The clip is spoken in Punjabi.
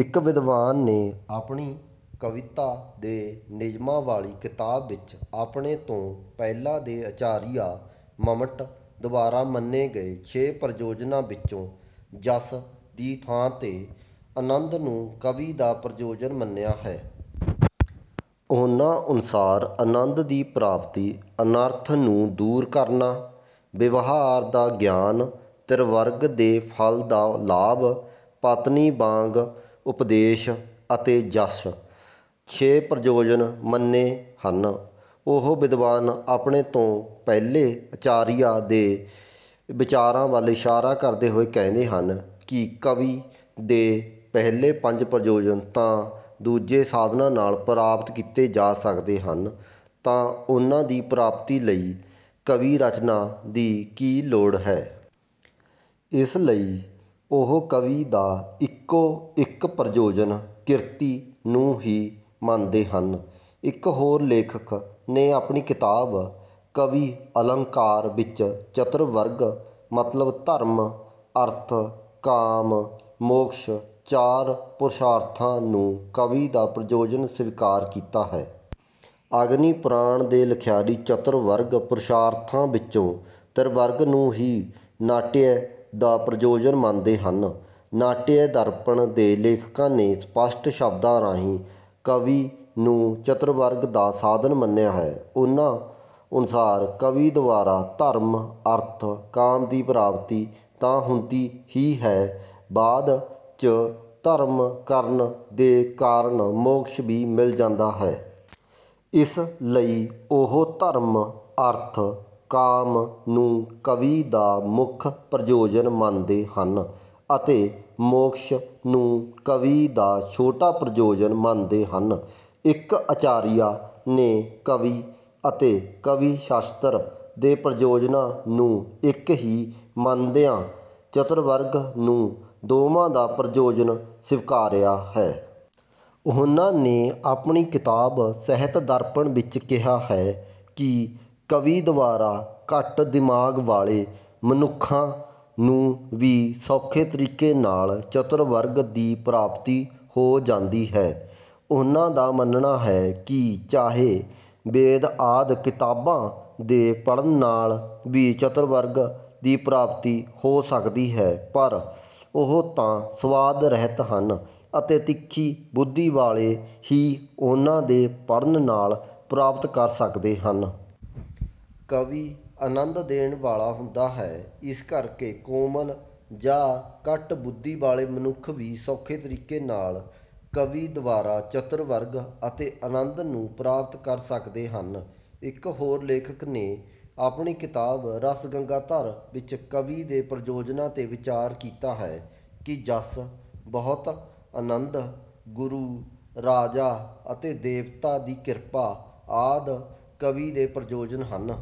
ਇੱਕ ਵਿਦਵਾਨ ਨੇ ਆਪਣੀ ਕਵਿਤਾ ਦੇ ਨਿਯਮਾਂ ਵਾਲੀ ਕਿਤਾਬ ਵਿੱਚ ਆਪਣੇ ਤੋਂ ਪਹਿਲਾਂ ਦੇ ਆਚਾਰੀਆ ਮੰਮਟ ਦੁਆਰਾ ਮੰਨੇ ਗਏ ਛੇ ਪ੍ਰਯੋਜਨਾਂ ਵਿੱਚੋਂ ਜਸ ਦੀ ਥਾਂ ਤੇ ਆਨੰਦ ਨੂੰ ਕਾਵਿ ਦਾ ਪ੍ਰਯੋਜਨ ਮੰਨਿਆ ਹੈ। ਉਹਨਾਂ ਅਨੁਸਾਰ ਆਨੰਦ ਦੀ ਪ੍ਰਾਪਤੀ, ਅਨਰਥ ਨੂੰ ਦੂਰ ਕਰਨਾ, ਵਿਵਹਾਰ ਦਾ ਗਿਆਨ, ਤ੍ਰਿਵਰਗ ਦੇ ਫ਼ਲ ਦਾ ਲਾਭ, ਪਤਨੀ ਵਾਂਗ ਉਪਦੇਸ਼ ਅਤੇ ਜਸ, ਛੇ ਪ੍ਰਯੋਜਨ ਮੰਨੇ ਹਨ। ਉਹ ਵਿਦਵਾਨ ਆਪਣੇ ਤੋਂ ਪਹਿਲੇ ਆਚਾਰੀਆਂ ਦੇ ਵਿਚਾਰਾਂ ਵੱਲ ਇਸ਼ਾਰਾ ਕਰਦੇ ਹੋਏ ਕਹਿੰਦੇ ਹਨ ਕਿ ਕਾਵਿ ਦੇ ਪਹਿਲੇ ਪੰਜ ਪ੍ਰਯੋਜਨ ਤਾਂ ਦੂਜੇ ਸਾਧਨਾਂ ਨਾਲ ਪ੍ਰਾਪਤ ਕੀਤੇ ਜਾ ਸਕਦੇ ਹਨ, ਤਾਂ ਉਹਨਾਂ ਦੀ ਪ੍ਰਾਪਤੀ ਲਈ ਕਾਵਿ-ਰਚਨਾ ਦੀ ਕੀ ਲੋੜ ਹੈ। ਇਸ ਲਈ ਉਹ ਕਾਵਿ ਦਾ ਇੱਕੋ- ਇੱਕ ਪ੍ਰਯੋਜਨ ਕੀਰਤੀ ਨੂੰ ਹੀ ਮੰਨਦੇ ਹਨ। ਇੱਕ ਹੋਰ ਲੇਖਕ ਨੇ ਆਪਣੀ ਕਿਤਾਬ ਕਾਵਿਆਲੰਕਾਰ ਵਿੱਚ ਚਤੁਰਵਰਗ ਮਤਲਬ ਧਰਮ, ਅਰਥ, ਕਾਮ, ਮੋਕ੍ਸ਼, ਚਾਰ ਪੁਰਸ਼ਾਰਥਾਂ ਨੂੰ ਕਾਵਿ ਦਾ ਪ੍ਰਯੋਜਨ ਸਵੀਕਾਰ ਕੀਤਾ ਹੈ। ਅਗਨੀਪੁਰਾਣ ਦੇ ਲਿਖਾਰੀ ਚਤੁਰਵਰਗ ਪੁਰਸ਼ਾਰਥਾਂ ਵਿੱਚੋਂ ਤ੍ਰਿਵਰਗ ਨੂੰ ਹੀ ਨਾਟਯ ਦਾ ਪ੍ਰਯੋਜਨ ਮੰਨਦੇ ਹਨ। ਨਾਟਯਦਰਪਣ ਦੇ ਲੇਖਕਾਂ ਨੇ ਸਪੱਸ਼ਟ ਸ਼ਬਦਾਂ ਰਾਹੀਂ ਕਾਵਿ ਨੂੰ ਚਤੁਰਵਰਗ ਦਾ ਸਾਧਨ ਮੰਨਿਆ ਹੈ। ਉਹਨਾਂ ਅਨੁਸਾਰ ਕਾਵਿ ਦੁਆਰਾ ਧਰਮ, ਅਰਥ, ਕਾਮ ਦੀ ਪ੍ਰਾਪਤੀ ਤਾਂ ਹੁੰਦੀ ਹੀ ਹੈ, ਬਾਅਦ ਚ ਧਰਮ ਕਰਨ ਦੇ ਕਾਰਣ ਮੋਕ੍ਸ਼ ਵੀ ਮਿਲ ਜਾਂਦਾ ਹੈ। ਇਸ ਲਈ ਉਹ ਧਰਮ, ਅਰਥ, ਕਾਮ ਨੂੰ ਕਾਵਿ ਦਾ ਮੁੱਖ ਪ੍ਰਯੋਜਨ ਮੰਨਦੇ ਹਨ ਅਤੇ ਮੋਕ੍ਸ਼ ਨੂੰ ਕਾਵਿ ਦਾ ਛੋਟਾ ਪ੍ਰਯੋਜਨ ਮੰਨਦੇ ਹਨ। ਇੱਕ ਆਚਾਰੀਆ ਨੇ ਕਾਵਿ ਅਤੇ ਕਾਵਿ-ਸ਼ਾਸਤਰ ਦੇ ਪ੍ਰਯੋਜਨਾਂ ਨੂੰ ਇੱਕ ਹੀ ਮੰਨਦਿਆਂ ਚਤੁਰਵਰਗ ਨੂੰ ਦੋਵਾਂ ਦਾ ਪ੍ਰਯੋਜਨ ਸਵਿਕਾਰਿਆ ਹੈ। ਉਹਨਾਂ ਨੇ ਆਪਣੀ ਕਿਤਾਬ ਸਾਹਿਤਦਰਪਣ ਵਿੱਚ ਕਿਹਾ ਹੈ ਕਿ ਕਾਵਿ ਦੁਆਰਾ ਘੱਟ ਦਿਮਾਗ ਵਾਲੇ ਮਨੁੱਖਾਂ ਨੂੰ ਵੀ ਸੌਖੇ ਤਰੀਕੇ ਨਾਲ ਚਤੁਰਵਰਗ ਦੀ ਪ੍ਰਾਪਤੀ ਹੋ ਜਾਂਦੀ ਹੈ। ਉਹਨਾਂ ਦਾ ਮੰਨਣਾ ਹੈ ਕਿ ਚਾਹੇ ਵੇਦ ਆਦਿ ਕਿਤਾਬਾਂ ਦੇ ਪੜ੍ਹਨ ਨਾਲ ਵੀ ਚਤੁਰਵਰਗ ਦੀ ਪ੍ਰਾਪਤੀ ਹੋ ਸਕਦੀ ਹੈ, ਪਰ ਉਹ ਤਾਂ ਸੁਆਦ ਰਹਿਤ ਹਨ ਅਤੇ ਤਿੱਖੀ ਬੁੱਧੀ ਵਾਲੇ ਹੀ ਉਹਨਾਂ ਦੇ ਪੜ੍ਹਨ ਨਾਲ ਪ੍ਰਾਪਤ ਕਰ ਸਕਦੇ ਹਨ। ਕਾਵਿ ਆਨੰਦ ਦੇਣ ਵਾਲਾ ਹੁੰਦਾ ਹੈ, ਇਸ ਕਰਕੇ ਕੋਮਲ ਜਾਂ ਘੱਟ ਬੁੱਧੀ ਵਾਲੇ ਮਨੁੱਖ ਵੀ ਸੌਖੇ ਤਰੀਕੇ ਨਾਲ, ਕਾਵਿ ਦੁਆਰਾ ਚਤੁਰਵਰਗ ਅਤੇ ਆਨੰਦ ਨੂੰ ਪ੍ਰਾਪਤ ਕਰ ਸਕਦੇ ਹਨ। ਇੱਕ ਹੋਰ ਲੇਖਕ ਨੇ ਆਪਣੀ ਕਿਤਾਬ ਰਸਗੰਗਾਧਰ ਵਿੱਚ ਕਾਵਿ ਦੇ ਪ੍ਰਯੋਜਨਾਂ ਤੇ ਵਿਚਾਰ ਕੀਤਾ ਹੈ ਕਿ ਜਸ, ਬਹੁਤ ਆਨੰਦ, ਗੁਰੂ, ਰਾਜਾ ਅਤੇ ਦੇਵਤਾ ਦੀ ਕਿਰਪਾ ਆਦਿ ਕਾਵਿ ਦੇ ਪ੍ਰਯੋਜਨ ਹਨ।